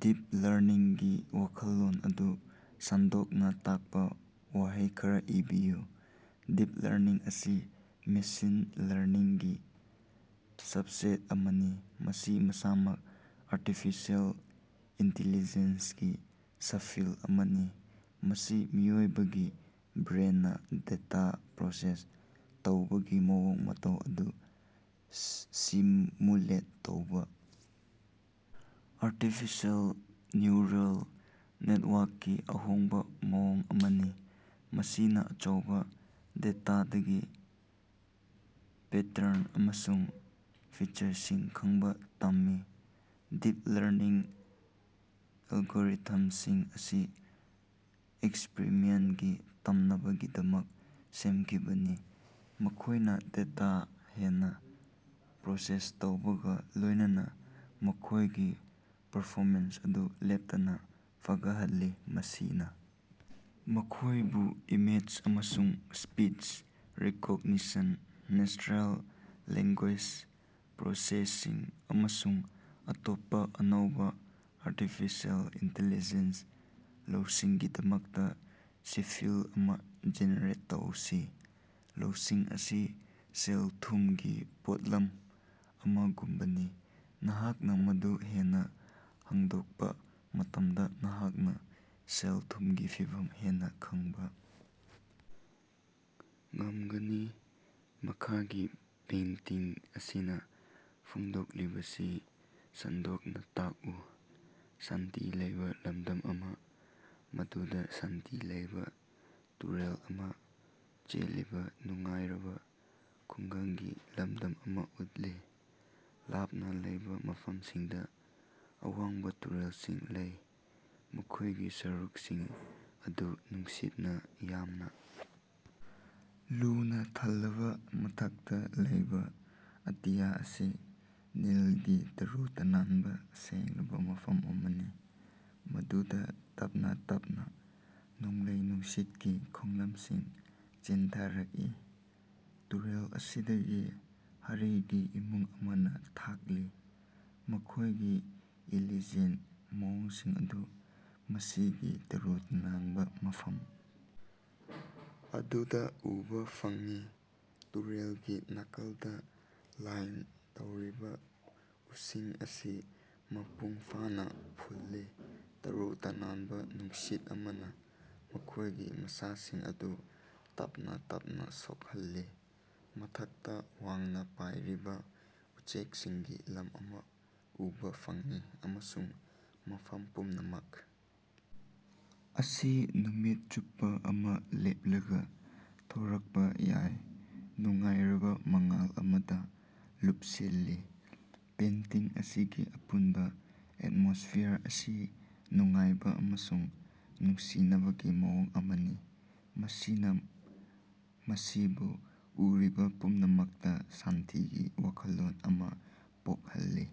Deep ꯂꯔꯅꯤꯡꯒꯤ ꯋꯥꯈꯜꯂꯣꯟ ꯑꯗꯨ ꯁꯟꯗꯣꯛꯅꯥ ꯇꯥꯛꯄꯥ ꯋꯥꯍꯩ ꯈꯔꯥ ꯏꯕꯤꯌꯨ꯫ ꯗꯤꯞ ꯂꯔꯅꯤꯡ ꯑꯁꯤ ꯃꯦꯁꯤꯟ ꯂꯔꯅꯤꯡꯒꯤ ꯁꯕꯁꯦꯠ ꯑꯃꯅꯤ, ꯃꯁꯤ ꯃꯁꯥꯃꯛ ꯑꯥꯔꯇꯤꯐꯤꯁꯤꯑꯦꯜ ꯏꯟꯇꯤꯂꯤꯖꯦꯟꯁꯒꯤ ꯁꯞꯐꯤꯜ ꯑꯃꯅꯤ꯫ ꯃꯁꯤ ꯃꯤꯑꯣꯏꯕꯒꯤ ꯕ꯭ꯔꯦꯟꯅꯥ ꯗꯦꯇꯥ ꯄ꯭ꯔꯣꯁꯦꯁ ꯇꯧꯕꯒꯤ ꯃꯑꯣꯡ ꯃꯇꯧ ꯑꯗꯨ ꯁꯤꯃꯨꯂꯦꯠ ꯇꯧꯕꯥ ꯑꯥꯔꯇꯤꯐꯤꯁꯤꯑꯦꯜ ꯅ꯭ꯌꯨꯔꯦꯜ ꯅꯦꯠꯋꯥꯛꯀꯤ ꯑꯍꯣꯡꯕꯥ ꯃꯑꯣꯡ ꯑꯃꯅꯤ, ꯃꯁꯤꯅꯥ ꯑꯆꯧꯕꯥ ꯗꯦꯇꯥꯗꯒꯤ ꯄꯦꯇ꯭ꯔꯟ ꯑꯃꯁꯨꯡ ꯐꯤꯆꯔꯁꯤꯡ ꯈꯪꯕꯥ ꯇꯝꯃꯤ꯫ ꯗꯤꯞ ꯂꯔꯅꯤꯡ ꯑꯦꯜꯒꯣꯔꯤꯊꯝꯁꯤꯡ ꯑꯁꯤ ꯑꯦꯛꯁꯄ꯭ꯔꯤꯌꯦꯟꯁꯇꯒꯤ ꯇꯝꯅꯕꯒꯤꯗꯃꯛ ꯁꯦꯝꯈꯤꯕꯅꯤ, ꯃꯈꯣꯏꯅꯥ ꯗꯦꯇꯥ ꯍꯦꯟꯅꯥ ꯄ꯭ꯔꯣꯁꯦꯁ ꯇꯧꯕꯒꯥ ꯂꯣꯏꯅꯅꯥ ꯃꯈꯣꯏꯒꯤ ꯄꯔꯐꯣꯃꯦꯟꯁ ꯑꯗꯨ ꯂꯦꯞꯇꯅꯥ ꯐꯒꯠꯍꯜꯂꯤ꯫ ꯃꯁꯤꯅꯥ ꯃꯈꯣꯏꯕꯨ ꯏꯃꯦꯖ ꯑꯃꯁꯨꯡ speech recognition, natural language processing ꯑꯃꯁꯨꯡ ꯑꯇꯣꯞꯄꯥ ꯑꯅꯧꯕꯥ ꯑꯔꯇꯤꯐꯤꯁꯦꯜ ꯏꯟꯇꯤꯂꯤꯖꯦꯟꯁ ꯂꯧꯁꯤꯡꯒꯤꯗꯃꯛꯇꯥ ꯁꯤꯃꯤꯜ ꯑꯃꯥ ꯖꯦꯅꯦꯔꯦꯠ ꯇꯧꯁꯤ꯫ ꯂꯧꯁꯤꯡ ꯑꯁꯤ ꯁꯦꯜ-ꯊꯨꯝꯒꯤ ꯄꯣꯠꯂꯝ ꯑꯃꯒꯨꯝꯕꯅꯤ, ꯅꯍꯥꯛꯅꯥ ꯃꯗꯨ ꯍꯦꯟꯅꯥ ꯍꯥꯡꯗꯣꯛꯄꯥ ꯃꯇꯝꯗꯥ ꯅꯍꯥꯛꯅꯥ ꯁꯦꯜ-ꯊꯨꯝꯒꯤ ꯐꯤꯚꯝ ꯍꯦꯟꯅꯥ ꯈꯪꯕꯥ ꯉꯝꯒꯅꯤ꯫ ꯃꯈꯥꯒꯤ ꯄꯦꯟꯇꯤꯡ ꯑꯁꯤꯅꯥ ꯐꯣꯡꯗꯣꯛꯂꯤꯕꯁꯤ ꯁꯟꯗꯣꯛꯅ ꯇꯥꯛꯎ꯫ ꯁꯥꯟꯇꯤ ꯂꯩꯕꯥ ꯂꯝꯗꯝ ꯑꯃꯥ, ꯃꯗꯨꯗꯥ ꯁꯥꯟꯇꯤ ꯂꯩꯕꯥ ꯇꯨꯔꯦꯜ ꯑꯃꯥ ꯆꯦꯜꯂꯤꯕꯥ ꯅꯨꯡꯉꯥꯏꯔꯕꯥ ꯈꯨꯡꯒꯪꯒꯤ ꯂꯝꯗꯝ ꯑꯃꯥ ꯎꯠꯂꯤ꯫ ꯂꯥꯞꯅꯥ ꯂꯩꯕꯥ ꯃꯐꯝꯁꯤꯡꯗꯥ ꯑꯋꯥꯡꯕꯥ ꯇꯨꯔꯦꯜꯁꯤꯡ ꯂꯩ, ꯃꯈꯣꯏꯒꯤ ꯁꯔꯨꯛꯁꯤꯡ ꯑꯗꯨ ꯅꯨꯡꯁꯤꯠꯅꯥ ꯌꯥꯝꯅꯥ ꯂꯨꯅꯥ ꯊꯜꯂꯕꯥ, ꯃꯊꯛꯇꯥ ꯂꯩꯕꯥ ꯑꯇꯤꯌꯥ ꯑꯁꯤ ꯅꯤꯜꯒꯤ ꯇꯔꯨ ꯇꯅꯥꯟꯕꯥ ꯁꯦꯡꯂꯕꯥ ꯃꯐꯝ ꯑꯃꯅꯤ, ꯃꯗꯨꯗꯥ ꯇꯞꯅꯥ ꯇꯞꯅꯥ ꯅꯣꯡꯂꯩ ꯅꯨꯡꯁꯤꯠꯀꯤ ꯈꯣꯡꯂꯝꯁꯤꯡ ꯆꯦꯟꯊꯔꯛꯏ꯫ ꯇꯨꯔꯦꯜ ꯑꯁꯤꯗꯒꯤ ꯍꯔꯤꯒꯤ ꯏꯃꯨꯡ ꯑꯃꯅꯥ ꯊꯛꯂꯤ, ꯃꯈꯣꯏꯒꯤ ꯏꯂꯤꯖꯦꯟ ꯃꯑꯣꯡꯁꯤꯡ ꯑꯗꯨ ꯃꯁꯤꯒꯤ ꯇꯔꯨ ꯇꯅꯥꯟꯕꯥ ꯃꯐꯝ ꯑꯗꯨꯗꯥ ꯎꯕꯥ ꯐꯪꯏ꯫ ꯇꯨꯔꯦꯜꯒꯤ ꯅꯥꯀꯜꯗꯥ ꯂꯥꯏꯟ ꯇꯧꯔꯤꯕꯥ ꯎꯁꯤꯡ ꯑꯁꯤ ꯃꯄꯨꯡ ꯐꯥꯅꯥ ꯐꯨꯜꯂꯤ, ꯇꯔꯨ ꯇꯅꯥꯟꯕꯥ ꯅꯨꯡꯁꯤꯠ ꯑꯃꯅꯥ ꯃꯈꯣꯏꯒꯤ ꯃꯁꯥꯁꯤꯡ ꯑꯗꯨ ꯇꯞꯅꯥ ꯇꯞꯅꯥ ꯁꯣꯛꯍꯜꯂꯤ꯫ ꯃꯊꯛꯇꯥ ꯋꯥꯡꯅꯥ ꯄꯥꯏꯔꯤꯕꯥ ꯎꯆꯦꯛꯁꯤꯡꯒꯤ ꯂꯝ ꯑꯃꯥ ꯎꯕꯥ ꯐꯪꯏ ꯑꯃꯁꯨꯡ ꯃꯐꯝ ꯄꯨꯝꯅꯃꯛ ꯑꯁꯤ ꯅꯨꯃꯤꯠ ꯆꯨꯞꯄꯥ ꯑꯃꯥ ꯂꯦꯞꯂꯒꯥ ꯊꯣꯔꯛꯄꯥ ꯌꯥꯏ, ꯅꯨꯡꯉꯥꯏꯔꯕꯥ ꯃꯉꯥꯜ ꯑꯃꯗꯥ ꯂꯨꯞꯁꯤꯜꯂꯤ꯫ ꯄꯦꯟꯇꯤꯡ ꯑꯁꯤꯒꯤ ꯑꯄꯨꯟꯕꯥ ꯑꯦꯠꯃꯣꯁꯐꯤꯌꯥꯔ ꯑꯁꯤ ꯅꯨꯡꯉꯥꯏꯕꯥ ꯑꯃꯁꯨꯡ ꯅꯨꯡꯁꯤꯅꯕꯒꯤ ꯃꯑꯣꯡ ꯑꯃꯅꯤ, ꯃꯁꯤꯅꯥ ꯃꯁꯤꯕꯨ ꯎꯔꯤꯕꯥ ꯄꯨꯝꯅꯃꯛꯇꯥ ꯁꯥꯟꯇꯤꯒꯤ ꯋꯥꯈꯜꯂꯣꯟ ꯑꯃꯥ ꯄꯣꯛꯍꯜꯂꯤ꯫